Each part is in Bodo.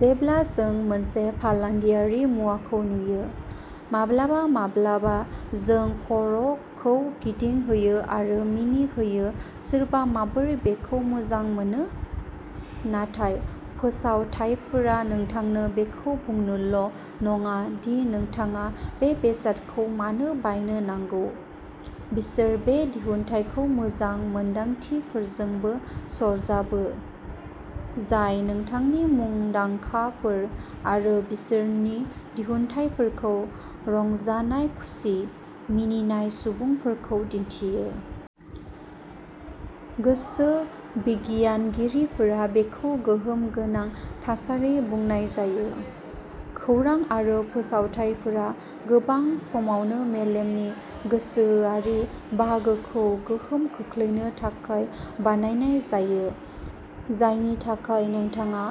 जेब्ला जों मोनसे फालांगियारि मुवाखौ नायो, माब्लाबा माब्लाबा जों खर'खौ गिदिं होयो आरो मिनिहोयो सोरबा माबोरै बेखौ मोजां मोनो? नाथाय फोसावथायफोरा नोंथांनो बेखौ बुंनोल' नङा दि नोंथाङा बे बेसादखौ मानो बायनो नांगौ। बिसोर बे दिहुनथायखौ मोजां मोनदांथिफोरजोंबो सरजाबो, जाय नोंथांनो मुंदांखाफोर आरो बिसोरनि दिहुनथाइफोरखौ रंजानाय खुसि, मिनिनाय सुबुंफोरखौ दिन्थियो। गोसो बिगियानगिरिफोरा बेखौ गोहोम गोनां थासारि बुंनाय जायो। खौरां आरो फोसावथाइफोरा गोबां समावनो मेलेमनि गोसोआरि बाहागोखौ गोहोम खोख्लैनो थाखाय बानायनाय जायो, जायनि थाखाय नोंथाङा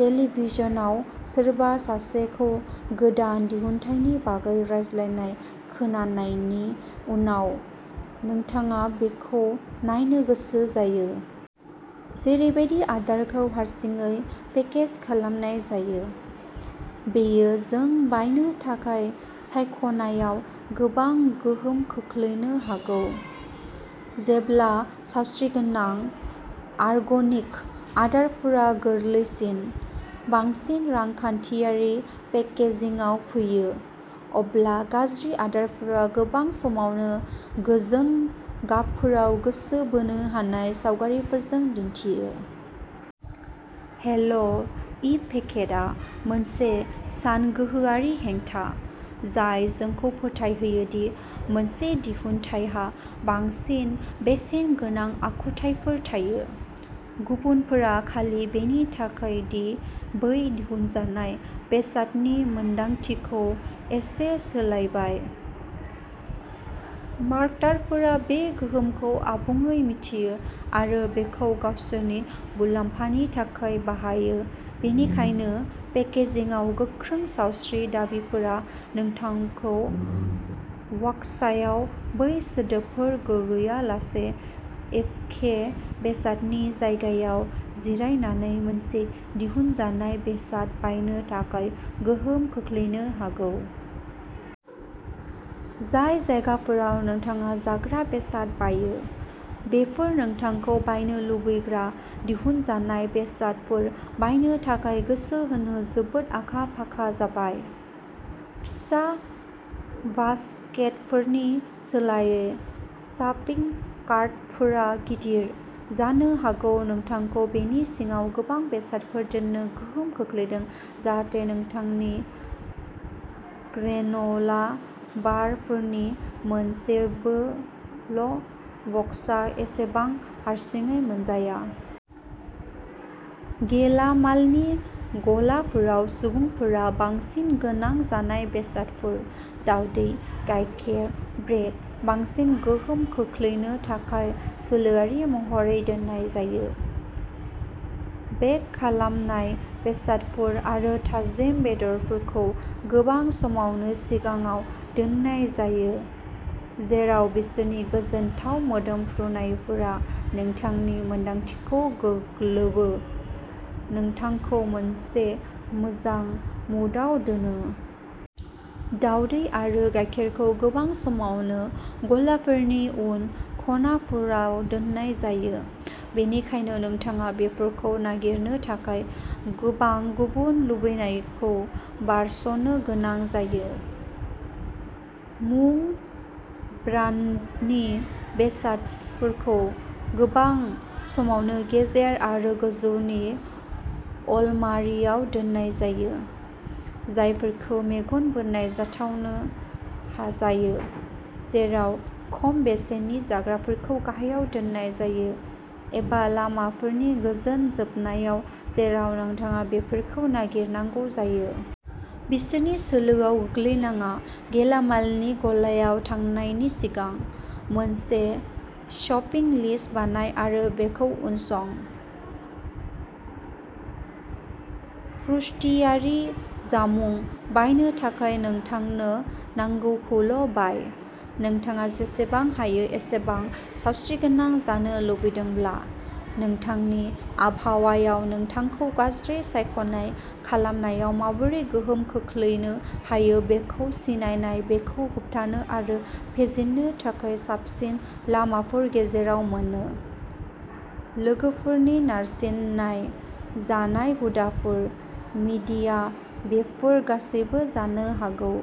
टेलिभिजनआव सोरबा सासेखौ गोदान दिहुनथायनि बागै रायज्लायनाय खोनानायनि उनाव, नोंथाङा बेखौ नायनो गोसो जायो। जेरैबादि आदारखौ हारसिङै पेकेज खालामनाय जायो, बेयो जों बायनो थाखाय सायख'नायाव गोबां गोहोम खोख्लैनो हागौ। जेब्ला सावस्रिगोनां, अर्गेनिक आदारफोरा गोरलैसिन, बांसिन रांखान्थियारि पेकेजिंआव फैयो, अब्ला गाज्रि आदारफोरा गोबां समावनो गोजों गाबफोराव गोसो बोनो हानाय सावगारिफोरजों दिन्थिजायो। हेल'इफेक्टआ मोनसे सानगोहोआरि हेंथा, जाय जोंखौ फोथायहोयो दि मोनसे दिहुनथाइहा बांसिन बेसेनगोनां आखुथायफोर थायो। गुबुनफोरा खालि बेनि थाखाय दि बै दिहुनजानाय बेसादनि मोनदांथिखौ एसे सोलायबाय। मार्केटारफोरा बे गोहोमखौ आबुङै मिथियो आरो बेखौ गावसोरनि मुलाम्फानि थाखाय बाहायो बेनिखायनो पेकेजिंआव गोख्रों सावस्रि दाबिफोरा नोंथांखौ बाक्सायाव बै सोदोबफोर गैयालासे एखे बेसादनि जायगायाव जिरायनानै मोनसे दिहुनजानाय बेसाद बायनो थाखाय गोहोम खोख्लैनो हागौ। जाय जायगाफोराव नोंथाङा जाग्रा बेसाद बायो, बेफोर नोंथांखौ बायनो लुबैग्रा दिहुनजानाय बेसादफोर बायनो थाखाय गोसो होनो जोबोद आखा-फाखा जाबाय। फिसा बासकेटफोरनि सोलायै, शपिं कार्टफोरा गिदिर, जानो हागौ नोंथांखौ बेनि सिङाव गोबां बेसादफोर दोननो गोहोम खोख्लैदों जाहाथे नोंथांनि ग्रेन'ला बारफोरनि मोनसेल'बक्सआ एसेबां हारसिङै मोनजाया। गेलामालनि गलाफोराव सुबुंफोरा बांसिन गोनां जानाय बेसादफोर, दावदै, गायखेर, ब्रेड, बांसिन गोहोम खोख्लैनो थाखाय सोलोआरि महरै दोननाय जायो। बेक खालामनाय बेसादफोर आरो थाजिम बेदरफोरखौ गोबां समावनो सिगाङाव दोननाय जायो, जेराव बिसोरनि गोजोनथाव मोदोमफ्रुनायफोरा नोंथांनि मोनदांथिखौ गाग्लोबो, नोंथांखौ मोनसे मोजां मुडआव दोनो। दावदै आरो गायखेरखौ गोबां समावनो गलाफोरनि उन खनाफोराव दोननाय जायो, बेनिखायनो नोंथाङा बेफोरखौ नागिरनो थाखाय गोबां गुबुन लुबैनायखौ बारस'नो गोनां जायो। मुं ब्रान्डनि बेसादफोरखौ गोबां समावनो गेजेर आरो गोजौनि अलमारियाव दोननाय जायो, जायफोरखौ मेगन बोनाय जाथावना जायो, जेराव खम बेसेननि जाग्राफोरखौ गाहायाव दोननाय जायो, एबा लामाफोरनि गोजान जोबनायाव जेराव नोंथाङा बेफोरखौ नागिरनांगौ जायो। बिसोरनि सोलोआव गोग्लैनाङा गेलामालनि गलायाव थांनायनि सिगां, मोनसे शपिं लिस्ट बानाय आरो बेखौ उनसं। पुष्टियारि जामुं बानायनो थाखाय नोंथांनो नांगौखौल'बाय। नोंथाङा जेसेबां हायो एसेबां सावस्रिगोनां जानो लुबैदोंब्ला, नोंथांनि आबहावाया नोंथांखौ गाज्रि सायख'नाय खालामनायाव माबोरै गोहोम खोख्लैनो हायो बेखौ सिनायनाया बेखौ होबथानो आरो फेजेननो थाखाय साबसिन लामाफोरनि गेजेराव मोनसे। लोगोफोरनि नारसिननाय, जानाय हुदाफोर, मिडिया, बेफोर गासैबो जानो हागौ।